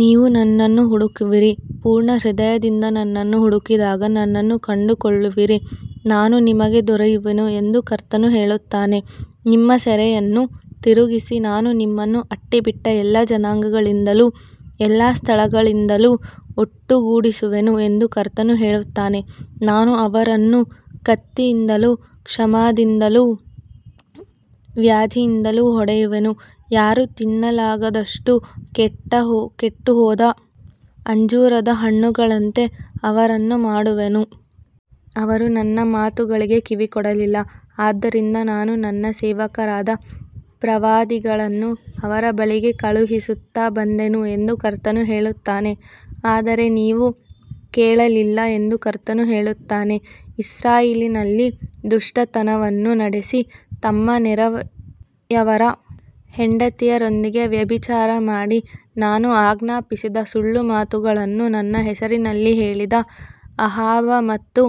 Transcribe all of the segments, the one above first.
ನೀವು ನನ್ನನ್ನು ಹುಡುಕುವಿರಿ, ಪೂರ್ಣ ಹೃದಯದಿಂದ ನನ್ನನ್ನು ಹುಡುಕಿದಾಗ ನನ್ನನ್ನು ಕಂಡುಕೊಳ್ಳುವಿರಿ. ನಾನು ನಿಮಗೆ ದೊರೆಯುವೆನು ಎಂದು ಕರ್ತನು ಹೇಳುತ್ತಾನೆ, ನಿಮ್ಮ ಸೆರೆಯನ್ನು ತಿರುಗಿಸಿ, ನಾನು ನಿಮ್ಮನ್ನು ಅಟ್ಟಿಬಿಟ್ಟ ಎಲ್ಲಾ ಜನಾಂಗಗಳಿಂದಲೂ ಎಲ್ಲಾ ಸ್ಥಳಗಳಿಂದಲೂ ಒಟ್ಟುಗೂಡಿಸುವೆನು ಎಂದು ಕರ್ತನು ಹೇಳುತ್ತಾನೆ. ನಾನು ಅವರನ್ನು ಕತ್ತಿಯಿಂದಲೂ ಕ್ಷಾಮದಿಂದಲೂ ವ್ಯಾಧಿಯಿಂದಲೂ ಹೊಡೆಯುವೆನು, ಯಾರೂ ತಿನ್ನಲಾಗದಷ್ಟು ಕೆಟ್ಟುಹೋದ ಅಂಜೂರದ ಹಣ್ಣುಗಳಂತೆ ಅವರನ್ನು ಮಾಡುವೆನು. ಅವರು ನನ್ನ ಮಾತುಗಳಿಗೆ ಕಿವಿಗೊಡಲಿಲ್ಲ, ಆದ್ದರಿಂದ ನಾನು ನನ್ನ ಸೇವಕರಾದ ಪ್ರವಾದಿಗಳನ್ನು ಅವರ ಬಳಿಗೆ ಕಳುಹಿಸುತ್ತಾ ಬಂದೆನು ಎಂದು ಕರ್ತನು ಹೇಳುತ್ತಾನೆ, ಆದರೆ ನೀವು ಕೇಳಲಿಲ್ಲ ಎಂದು ಕರ್ತನು ಹೇಳುತ್ತಾನೆ. ಇಸ್ರಾಯೇಲಿನಲ್ಲಿ ದುಷ್ಟತನವನ್ನು ನಡೆಸಿ, ತಮ್ಮ ನೆರೆಯವರ ಹೆಂಡತಿಯರೊಂದಿಗೆ ವ್ಯಭಿಚಾರ ಮಾಡಿ, ನಾನು ಆಜ್ಞಾಪಿಸದ ಸುಳ್ಳು ಮಾತುಗಳನ್ನು ನನ್ನ ಹೆಸರಿನಲ್ಲಿ ಹೇಳಿದ ಅಹಾಬ ಮತ್ತು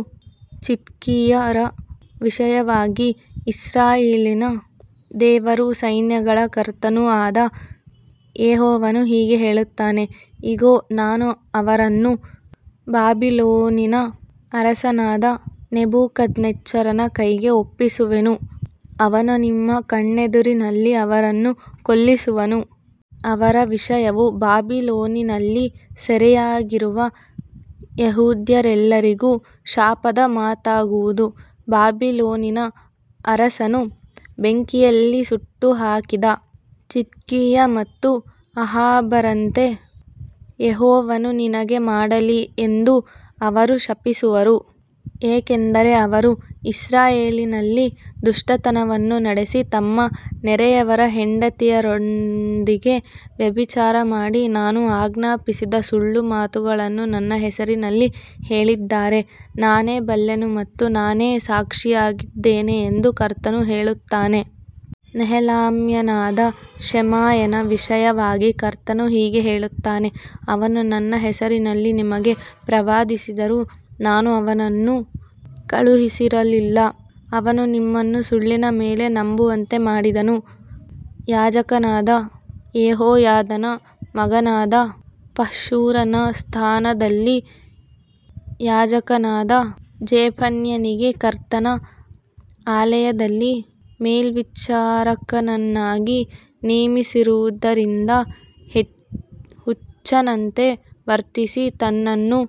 ಚಿದ್ಕೀಯರ ವಿಷಯವಾಗಿ ಇಸ್ರಾಯೇಲಿನ ದೇವರೂ ಸೈನ್ಯಗಳ ಕರ್ತನೂ ಆದ ಯೆಹೋವನು ಹೀಗೆ ಹೇಳುತ್ತಾನೆ, ಇಗೋ, ನಾನು ಅವರನ್ನು ಬಾಬಿಲೋನಿನ ಅರಸನಾದ ನೆಬೂಕದ್ನೆಚ್ಚರನ ಕೈಗೆ ಒಪ್ಪಿಸುವೆನು, ಅವನು ನಿಮ್ಮ ಕಣ್ಣೆದುರಿನಲ್ಲಿ ಅವರನ್ನು ಕೊಲ್ಲಿಸುವನು. ಅವರ ವಿಷಯವು ಬಾಬಿಲೋನಿನಲ್ಲಿ ಸೆರೆಯಾಗಿರುವ ಯೆಹೂದ್ಯರೆಲ್ಲರಿಗೂ ಶಾಪದ ಮಾತಾಗುವುದು, ಬಾಬಿಲೋನಿನ ಅರಸನು ಬೆಂಕಿಯಲ್ಲಿ ಸುಟ್ಟುಹಾಕಿದ ಚಿದ್ಕೀಯ ಮತ್ತು ಅಹಾಬರಂತೆ ಯೆಹೋವನು ನಿನಗೆ ಮಾಡಲಿ ಎಂದು ಅವರು ಶಪಿಸುವರು. ಏಕೆಂದರೆ ಅವರು ಇಸ್ರಾಯೇಲಿನಲ್ಲಿ ದುಷ್ಟತನವನ್ನು ನಡೆಸಿ, ತಮ್ಮ ನೆರೆಯವರ ಹೆಂಡತಿಯರೊಂದಿಗೆ ವ್ಯಭಿಚಾರ ಮಾಡಿ, ನಾನು ಆಜ್ಞಾಪಿಸದ ಸುಳ್ಳು ಮಾತುಗಳನ್ನು ನನ್ನ ಹೆಸರಿನಲ್ಲಿ ಹೇಳಿದ್ದಾರೆ, ನಾನೇ ಬಲ್ಲೆನು ಮತ್ತು ನಾನೇ ಸಾಕ್ಷಿಯಾಗಿದ್ದೇನೆ ಎಂದು ಕರ್ತನು ಹೇಳುತ್ತಾನೆ. ನೆಹೆಲಾಮ್ಯನಾದ ಶೆಮಾಯನ ವಿಷಯವಾಗಿ ಕರ್ತನು ಹೀಗೆ ಹೇಳುತ್ತಾನೆ, ಅವನು ನನ್ನ ಹೆಸರಿನಲ್ಲಿ ನಿಮಗೆ ಪ್ರವಾದಿಸಿದರೂ ನಾನು ಅವನನ್ನು ಕಳುಹಿಸಿರಲಿಲ್ಲ. ಅವನು ನಿಮ್ಮನ್ನು ಸುಳ್ಳಿನ ಮೇಲೆ ನಂಬುವಂತೆ ಮಾಡಿದನು. ಯಾಜಕನಾದ ಯೆಹೋಯಾದನ ಮಗನಾದ ಪಶ್ಹೂರನ ಸ್ಥಾನದಲ್ಲಿ ಯಾಜಕನಾದ ಜೆಫನ್ಯನಿಗೆ ಕರ್ತನ ಆಲಯದಲ್ಲಿ ಮೇಲ್ವಿಚಾರಕನನ್ನಾಗಿ ನೇಮಿಸಿರುವುದರಿಂದ, ಹುಚ್ಚನಂತೆ ವರ್ತಿಸಿ ತನ್ನನ್ನು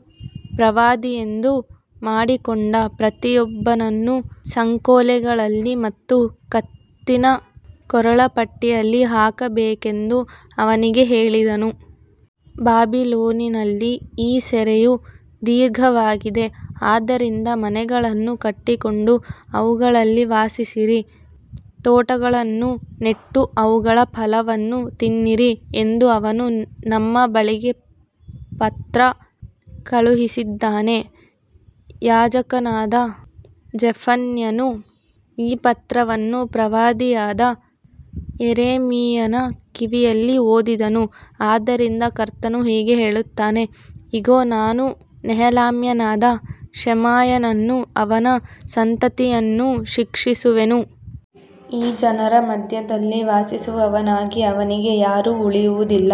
ಪ್ರವಾದಿಯೆಂದು ಮಾಡಿಕೊಂಡ ಪ್ರತಿಯೊಬ್ಬನನ್ನು ಸಂಕೋಲೆಗಳಲ್ಲಿ ಮತ್ತು ಕತ್ತಿನ ಕೊರಳಪಟ್ಟಿಯಲ್ಲಿ ಹಾಕಬೇಕೆಂದು ಅವನಿಗೆ ಹೇಳಿದನು. ಬಾಬಿಲೋನಿನಲ್ಲಿ ಈ ಸೆರೆಯು ದೀರ್ಘವಾಗಿದೆ, ಆದ್ದರಿಂದ ಮನೆಗಳನ್ನು ಕಟ್ಟಿಕೊಂಡು ಅವುಗಳಲ್ಲಿ ವಾಸಿಸಿರಿ, ತೋಟಗಳನ್ನು ನೆಟ್ಟು ಅವುಗಳ ಫಲವನ್ನು ತಿನ್ನಿರಿ ಎಂದು ಅವನು ನಮ್ಮ ಬಳಿಗೆ ಪತ್ರ ಕಳುಹಿಸಿದ್ದಾನೆ. ಯಾಜಕನಾದ ಜೆಫನ್ಯನು ಈ ಪತ್ರವನ್ನು ಪ್ರವಾದಿಯಾದ ಯೆರೆಮೀಯನ ಕಿವಿಯಲ್ಲಿ ಓದಿದನು. ಆದ್ದರಿಂದ ಕರ್ತನು ಹೀಗೆ ಹೇಳುತ್ತಾನೆ, ಇಗೋ, ನಾನು ನೆಹೆಲಾಮ್ಯನಾದ ಶೆಮಾಯನನ್ನೂ ಅವನ ಸಂತತಿಯನ್ನೂ ಶಿಕ್ಷಿಸುವೆನು. ಈ ಜನರ ಮಧ್ಯದಲ್ಲಿ ವಾಸಿಸುವವನಾಗಿ ಅವನಿಗೆ ಯಾರೂ ಉಳಿಯುವುದಿಲ್ಲ,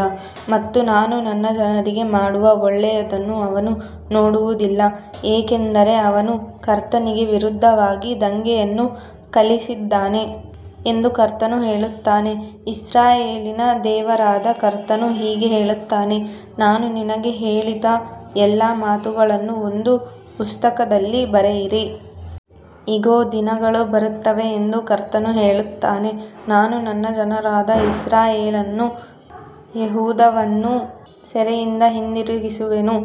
ಮತ್ತು ನಾನು ನನ್ನ ಜನರಿಗೆ ಮಾಡುವ ಒಳ್ಳೆಯದನ್ನು ಅವನು ನೋಡುವುದಿಲ್ಲ, ಏಕೆಂದರೆ ಅವನು ಕರ್ತನಿಗೆ ವಿರುದ್ಧವಾಗಿ ದಂಗೆಯನ್ನು ಕಲಿಸಿದ್ದಾನೆ ಎಂದು ಕರ್ತನು ಹೇಳುತ್ತಾನೆ. ಇಸ್ರಾಯೇಲಿನ ದೇವರಾದ ಕರ್ತನು ಹೀಗೆ ಹೇಳುತ್ತಾನೆ, ನಾನು ನಿನಗೆ ಹೇಳಿದ ಎಲ್ಲಾ ಮಾತುಗಳನ್ನು ಒಂದು ಪುಸ್ತಕದಲ್ಲಿ ಬರೆಯಿರಿ. ಇಗೋ, ದಿನಗಳು ಬರುತ್ತವೆ ಎಂದು ಕರ್ತನು ಹೇಳುತ್ತಾನೆ, ನಾನು ನನ್ನ ಜನರಾದ ಇಸ್ರಾಯೇಲನ್ನೂ ಯೆಹೂದವನ್ನೂ ಸೆರೆಯಿಂದ ಹಿಂದಿರುಗಿಸುವೆನು,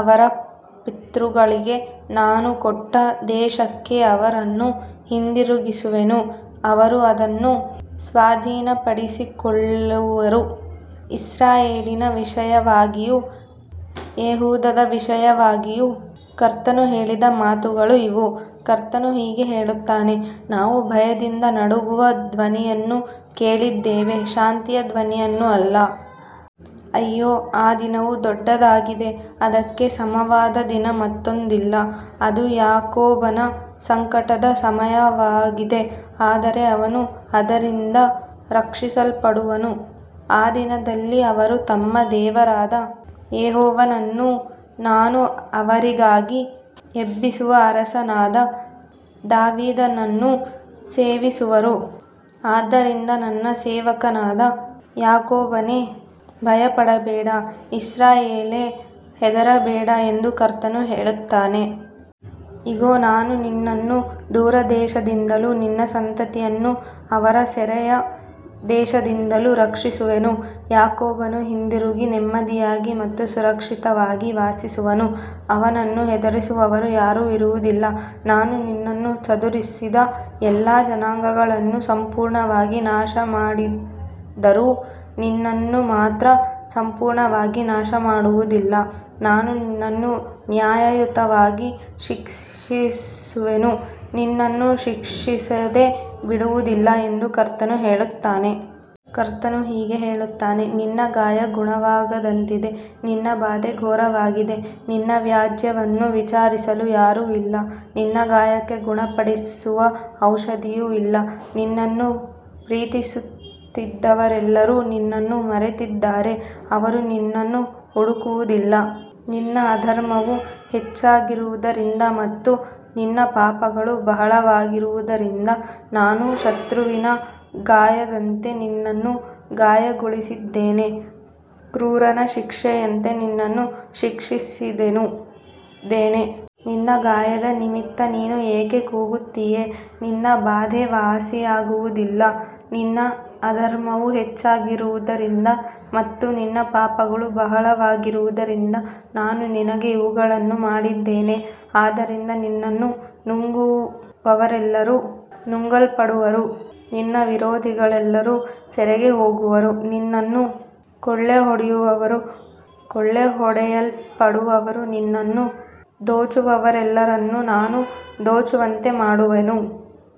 ಅವರ ಪಿತೃಗಳಿಗೆ ನಾನು ಕೊಟ್ಟ ದೇಶಕ್ಕೆ ಅವರನ್ನು ಹಿಂದಿರುಗಿಸುವೆನು, ಅವರು ಅದನ್ನು ಸ್ವಾಧೀನಪಡಿಸಿಕೊಳ್ಳುವರು. ಇಸ್ರಾಯೇಲಿನ ವಿಷಯವಾಗಿಯೂ ಯೆಹೂದದ ವಿಷಯವಾಗಿಯೂ ಕರ್ತನು ಹೇಳಿದ ಮಾತುಗಳು ಇವು. ಕರ್ತನು ಹೀಗೆ ಹೇಳುತ್ತಾನೆ, ನಾವು ಭಯದಿಂದ ನಡುಗುವ ಧ್ವನಿಯನ್ನು ಕೇಳಿದ್ದೇವೆ, ಶಾಂತಿಯ ಧ್ವನಿಯನ್ನು ಅಲ್ಲ. ಅಯ್ಯೋ, ಆ ದಿನವು ದೊಡ್ಡದಾಗಿದೆ, ಅದಕ್ಕೆ ಸಮವಾದ ದಿನ ಮತ್ತೊಂದಿಲ್ಲ. ಅದು ಯಾಕೋಬನ ಸಂಕಟದ ಸಮಯವಾಗಿದೆ, ಆದರೆ ಅವನು ಅದರಿಂದ ರಕ್ಷಿಸಲ್ಪಡುವನು. ಆ ದಿನದಲ್ಲಿ ಅವರು ತಮ್ಮ ದೇವರಾದ ಯೆಹೋವನನ್ನೂ ನಾನು ಅವರಿಗಾಗಿ ಎಬ್ಬಿಸುವ ಅರಸನಾದ ದಾವೀದನನ್ನೂ ಸೇವಿಸುವರು. ಆದ್ದರಿಂದ ನನ್ನ ಸೇವಕನಾದ ಯಾಕೋಬನೇ, ಭಯಪಡಬೇಡ, ಇಸ್ರಾಯೇಲೇ, ಹೆದರಬೇಡ ಎಂದು ಕರ್ತನು ಹೇಳುತ್ತಾನೆ. ಇಗೋ, ನಾನು ನಿನ್ನನ್ನು ದೂರದೇಶದಿಂದಲೂ ನಿನ್ನ ಸಂತತಿಯನ್ನು ಅವರ ಸೆರೆಯ ದೇಶದಿಂದಲೂ ರಕ್ಷಿಸುವೆನು. ಯಾಕೋಬನು ಹಿಂದಿರುಗಿ, ನೆಮ್ಮದಿಯಾಗಿ ಮತ್ತು ಸುರಕ್ಷಿತವಾಗಿ ವಾಸಿಸುವನು, ಅವನನ್ನು ಹೆದರಿಸುವವರು ಯಾರೂ ಇರುವುದಿಲ್ಲ. ನಾನು ನಿನ್ನನ್ನು ಚದುರಿಸಿದ ಎಲ್ಲಾ ಜನಾಂಗಗಳನ್ನು ಸಂಪೂರ್ಣವಾಗಿ ನಾಶಮಾಡಿದರೂ, ನಿನ್ನನ್ನು ಮಾತ್ರ ಸಂಪೂರ್ಣವಾಗಿ ನಾಶಮಾಡುವುದಿಲ್ಲ. ನಾನು ನಿನ್ನನ್ನು ನ್ಯಾಯಯುತವಾಗಿ ಶಿಕ್ಷಿಸುವೆನು, ನಿನ್ನನ್ನು ಶಿಕ್ಷಿಸದೆ ಬಿಡುವುದಿಲ್ಲ ಎಂದು ಕರ್ತನು ಹೇಳುತ್ತಾನೆ. ಕರ್ತನು ಹೀಗೆ ಹೇಳುತ್ತಾನೆ, ನಿನ್ನ ಗಾಯ ಗುಣವಾಗದಂತಿದೆ, ನಿನ್ನ ಬಾಧೆ ಘೋರವಾಗಿದೆ. ನಿನ್ನ ವ್ಯಾಜ್ಯವನ್ನು ವಿಚಾರಿಸಲು ಯಾರೂ ಇಲ್ಲ, ನಿನ್ನ ಗಾಯಕ್ಕೆ ಗುಣಪಡಿಸುವ ಔಷಧಿಯೂ ಇಲ್ಲ. ನಿನ್ನನ್ನು ಪ್ರೀತಿಸುತ್ತಿದ್ದವರೆಲ್ಲರೂ ನಿನ್ನನ್ನು ಮರೆತಿದ್ದಾರೆ, ಅವರು ನಿನ್ನನ್ನು ಹುಡುಕುವುದಿಲ್ಲ. ನಿನ್ನ ಅಧರ್ಮವು ಹೆಚ್ಚಾಗಿರುವುದರಿಂದ ಮತ್ತು ನಿನ್ನ ಪಾಪಗಳು ಬಹಳವಾಗಿರುವುದರಿಂದ ನಾನು ಶತ್ರುವಿನ ಗಾಯದಂತೆ ನಿನ್ನನ್ನು ಗಾಯಗೊಳಿಸಿದ್ದೇನೆ, ಕ್ರೂರನ ಶಿಕ್ಷೆಯಂತೆ ನಿನ್ನನ್ನು ಶಿಕ್ಷಿಸಿದ್ದೇನೆ. ನಿನ್ನ ಗಾಯದ ನಿಮಿತ್ತ ನೀನು ಏಕೆ ಕೂಗುತ್ತೀಯೆ, ನಿನ್ನ ಬಾಧೆ ವಾಸಿಯಾಗುವುದಿಲ್ಲ. ನಿನ್ನ ಅಧರ್ಮವು ಹೆಚ್ಚಾಗಿರುವುದರಿಂದ ಮತ್ತು ನಿನ್ನ ಪಾಪಗಳು ಬಹಳವಾಗಿರುವುದರಿಂದ ನಾನು ನಿನಗೆ ಇವುಗಳನ್ನು ಮಾಡಿದ್ದೇನೆ. ಆದ್ದರಿಂದ ನಿನ್ನನ್ನು ನುಂಗುವವರೆಲ್ಲರೂ ನುಂಗಲ್ಪಡುವರು, ನಿನ್ನ ವಿರೋಧಿಗಳೆಲ್ಲರೂ ಸೆರೆಗೆ ಹೋಗುವರು, ನಿನ್ನನ್ನು ಕೊಳ್ಳೆಹೊಡೆಯುವವರು ಕೊಳ್ಳೆಹೊಡೆಯಲ್ಪಡುವರು, ನಿನ್ನನ್ನು ದೋಚುವವರೆಲ್ಲರನ್ನೂ ನಾನು ದೋಚುವಂತೆ ಮಾಡುವೆನು.